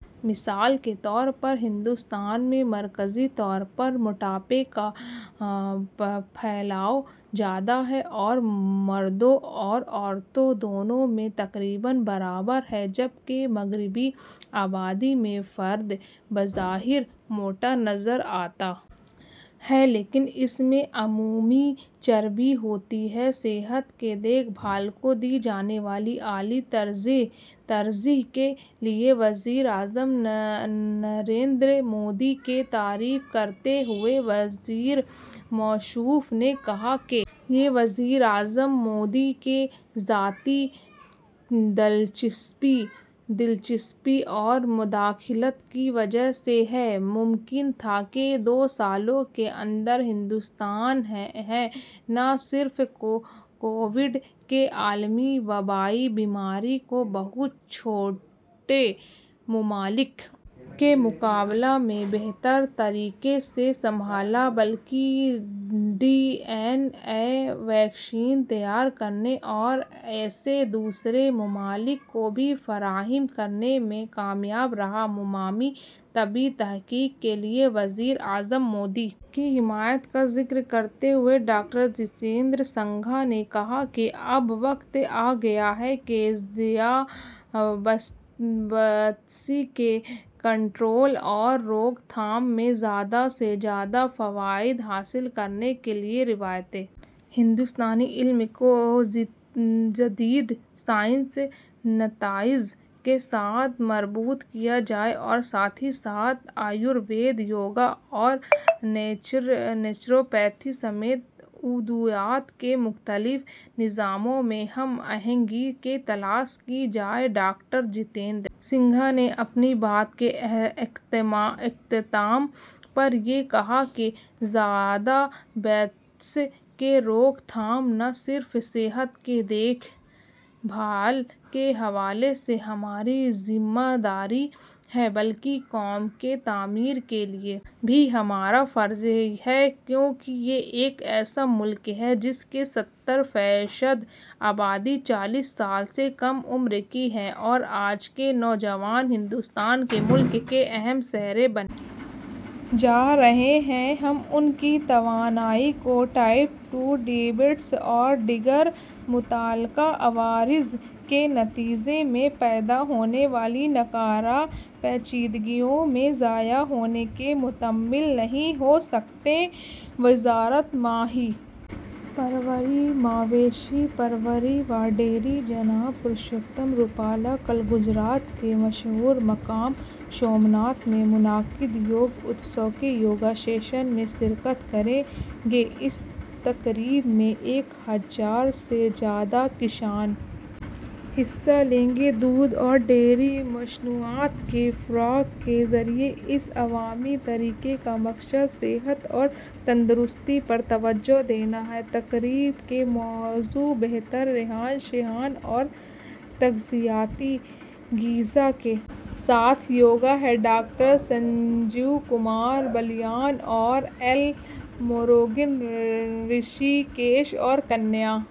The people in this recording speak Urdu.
مثال کے طور پر ہندوستان میں مرکزی طور پر موٹاپے کا پھیلاؤ زیادہ ہے اور مردوں اور عورتوں دونوں میں تقریباً برابر ہے جب کہ مغربی آبادی میں فرد بظاہر موٹا نظر آتا ہے لیکن اس میں عمومی چربی ہوتی ہے صحت کی دیکھ بھال کو دی جانے والی اعلی ترجیح کے لیے وزیر اعظم نریندر مودی کی تعریف کرتے ہوئے وزیر موصوف نے کہا کہ یہ وزیر اعظم مودی کی ذاتی دلچسپی اور مداخلت کی وجہ سے ہی ممکن تھا کہ دو سالوں کے اندر ہندوستان نے نہ صرف کووڈ کی عالمی وبائی بیماری کو بہت چھوٹے ممالک کے مقابلے میں بہتر طریقے سے سنبھالا بلکہ ڈی این اے ویکسین تیار کرنے اور اسے دوسرے ممالک کو بھی فراہم کرنے میں کامیاب رہا مقامی طبی تحقیق کے لیے وزیر اعظم مودی کی حمایت کا ذکر کرتے ہوئے ڈاکٹر جتیندر سنگھ نے کہا کہ اب وقت آگیا ہے کہ ذیابیطس کے کنٹرول اور روک تھام میں زیادہ سے زیادہ فوائد حاصل کرنے کے لیے روایتی ہندوستانی علم کو جدید سائنسی نتائج کے ساتھ مربوط کیا جائے اور ساتھ ہی ساتھ آیوروید یوگا اور نیچروپیتھی سمیت ادویات کے مختلف نظاموں میں ہم آہنگی کی تلاش کی جائے ڈاکٹر جتیندر سنگھ نے اپنی بات کے اختتام پر یہ کہا کہ ذیابیطس کی روک تھام نہ صرف صحت کی دیکھ بھال کے حوالے سے ہماری ذمہ داری ہے بلکہ قوم کی تعمیر کے لیے بھی ہمارا فرض ہے کیونکہ یہ ایک ایسا ملک ہے جس کی ستر فیصد آبادی چالیس سال سے کم عمر کی ہے اور آج کے نوجوان ہندوستان کے ملک کے اہم شہری بننے جا رہے ہیں ہم ان کی توانائی کو ٹائپ دو ذیابیطس اور دیگر متعلقہ عوارض کے نتیجے میں پیدا ہونے والی ناکارہ پیچیدگیوں میں ضائع ہونے کے متحمل نہیں ہو سکتے وزارت ماہی پروری مویشی پروری و ڈیری جناب پرشوتم روپالا کل گجرات کے مشہور مقام سومناتھ میں منعقد یوگ اتسو کے یوگا سیشن میں شرکت کریں گے اس تقریب میں ایک ہزار سے زیادہ کسان حصہ لیں گے دودھ اور ڈیری مصنوعات کے فروغ کے ذریعے اس عوامی تحریک کا مقصد صحت اور تندرستی پر توجہ دینا ہے تقریب کا موضوع بہتر رہن سہن اور تغذیاتی غذا کے ساتھ یوگا ہے ڈاکٹر سنجیو کمار بالیان اور ایل موروگن رشی کیش اور کنیا